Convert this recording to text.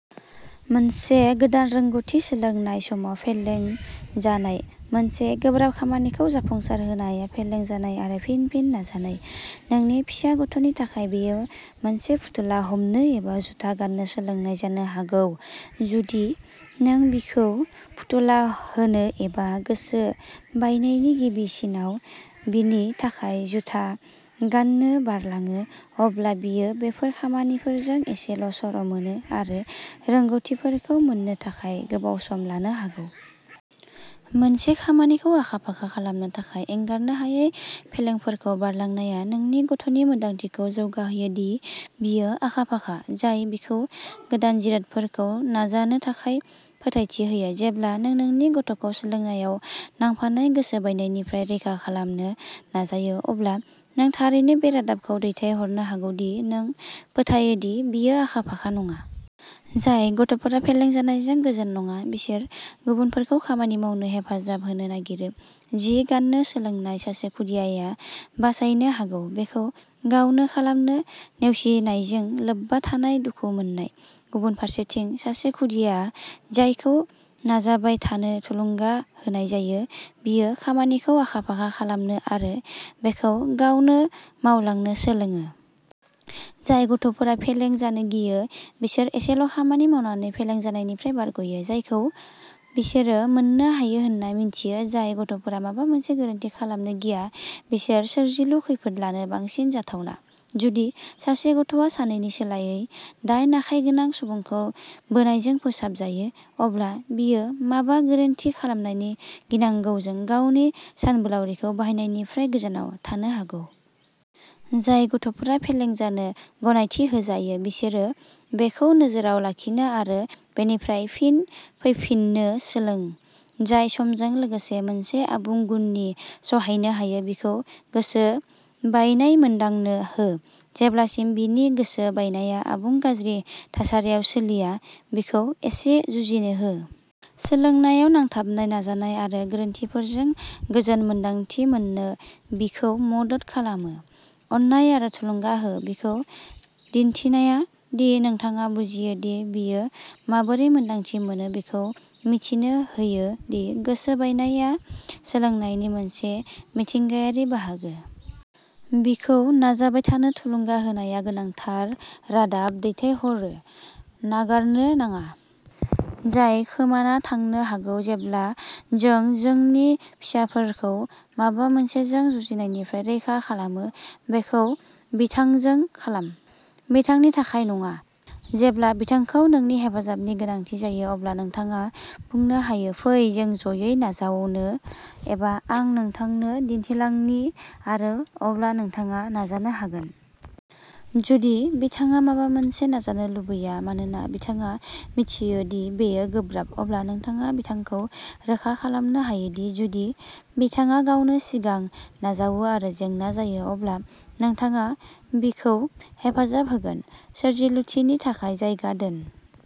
मोनसे गोदान रोंग'थि सोलोंनाय समाव फेलें जानाय। मोनसे गोब्राब खामानिखौ जाफुंसारहोनाया फेलें जानाय आरो फिन-फिन नाजानाय। नोंनि फिसा गथ'नि थाखाय, बेयो मोनसे फुथुला हमनो एबा जुथा गान्नो सोलोंनाय जानो हागौ। जुदि नों बिखौ फुथुला होनो एबा गोसो बायनायनि गिबि सिनआव बिनि थाखाय जुता गान्नो बारलाङो, अब्ला बियो बेफोर खामानिफोरजों एसेल'सर'मोनो आरो रोंग'थिफोरखौ मोन्नो थाखाय गोबाव सम लानो हागौ। मोनसे खामानिखौ आखा-फाखा खालामनो थाखाय एंगारनो हायै फेलेंफोरखौ बारलांनाया नोंनि गथ'नि मोनदांथिखौ जौगाहोयो दि बियो आखा-फाखा, जाय बिखौ गोदान जिरादफोरखौ नाजानो थाखाय फोथायथि होयो। जेब्ला नों नोंनि गथ'खौ सोलोंनायाव नांफानाय गोसो बायनायनिफ्राय रैखा खालामनो नाजायो, अब्ला नों थारैनो बे रादाबखौ दैथायहरनो हागौ दि नों फोथायो दि बियो आखा-फाखा नङा। जाय गथ'फोरा फेलें जानायजों गोजोन नङा, बिसोर गुबुनफोरखौ खामानि मावनो हेफाजाब होनो नागिरो। जि गान्नो सोलोंनाय सासे खुदियाया बासायनो हागौ। बेखौ गावनो खालामनो नेवसिनायजों लोब्बा थानाय दुखु मोननाय। गुबुन फारसेथिं, सासे खुदिया जायखौ नाजाबाय थानो थुलुंगा होनाय जायो, बियो खामानिखौ आखा-फाखा खालामनो आरो बेखौ गावनो मावलांनो सोलोङो। जाय गथ'फोरा फेलें जानो गियो, बिसोर एसेल'खामानि मावनानै फेलें जानायनिफ्राय बारग'यो, जायखौ बिसोरो मोननो हायो होन्ना मिन्थियो। जाय गथ'फोरा माबा मोनसे "गोरोन्थि" खालामनो गिया, बिसोर सोरजिलु खैफोद लानो बांसिन जाथावना। जुदि सासे गथ'आ सानैनि सोलायै दाइन आखाइ गोनां सुबुंखौ बोनायजों फोसाबजायो, अब्ला बियो माबा गोरोन्थि खालामनायनि गिनांगौजों गावनि सानबोलावरिखौ बाहायनायनिफ्राय गोजानाव थानो हागौ। जाय गथ'फोरा फेलें जानो गनायथि होजायो, बिसोरो बेखौ नोजोरआव लाखिनो आरो बेनिफ्राय फिन फैफिननो सोलों, जाय समजों लोगोसे मोनसे आबुं गुननि सहायनो हायो। बिखौ गोसो बायनाय मोनदांनो हो। जेब्लासिम बिनि गोसो बायनाया आबुं गाज्रि थासारियाव सोलिया, बिखौ एसे जुजिनो हो। सोलोंनायाव नांथाबनाय नाजानाय आरो गोरोन्थिफोरजों गोजोन मोन्दांथि मोननो बिखौ मदद खालामो। अननाय आरो थुलुंगा हो। बिखौ दिन्थिनाया दि नोंथाङा बुजियो दि बियो माबोरै मोन्दांथि मोनो, बिखौ मिथिनो होयो दि गोसो बायनाया सोलोंनायनि मोनसे मिथिंगायारि बाहागो। बिखौ नाजाबाय थानो थुलुंगा होनाया गोनांथार रादाब दैथायहरो, नागारनो नाङा, जाय खोमाना थांनो हागौ जेब्ला जों जोंनि फिसाफोरखौ माबा मोनसेजों जुजिनायनिफ्राय रैखा खालामो। बेखौ बिथांजों खालाम, बिथांनि थाखाय नङा। जेब्ला बिथांखौ नोंनि हेफाजाबनि गोनांथि जायो, अब्ला नोंथाङा बुंनो हायो "फै जों जयै नाजावनो" एबा "आं नोंथांनो दिन्थिलांनि आरो अब्ला नोंथाङा नाजानो हागोन"। जुदि बिथाङा माबा मोनसे नाजानो लुबैया मानोना बिथाङा मिथियो दि बेयो गोब्राब, अब्ला नोंथाङा बिथांखौ रोखा खालामनो हायो दि जुदि बिथाङा गावनो सिगां नाजावो आरो जेंना जायो, अब्ला नोंथाङा बिखौ हेफाजाब होगोन। सोरजिलुथिनि थाखाय जायगा दोन।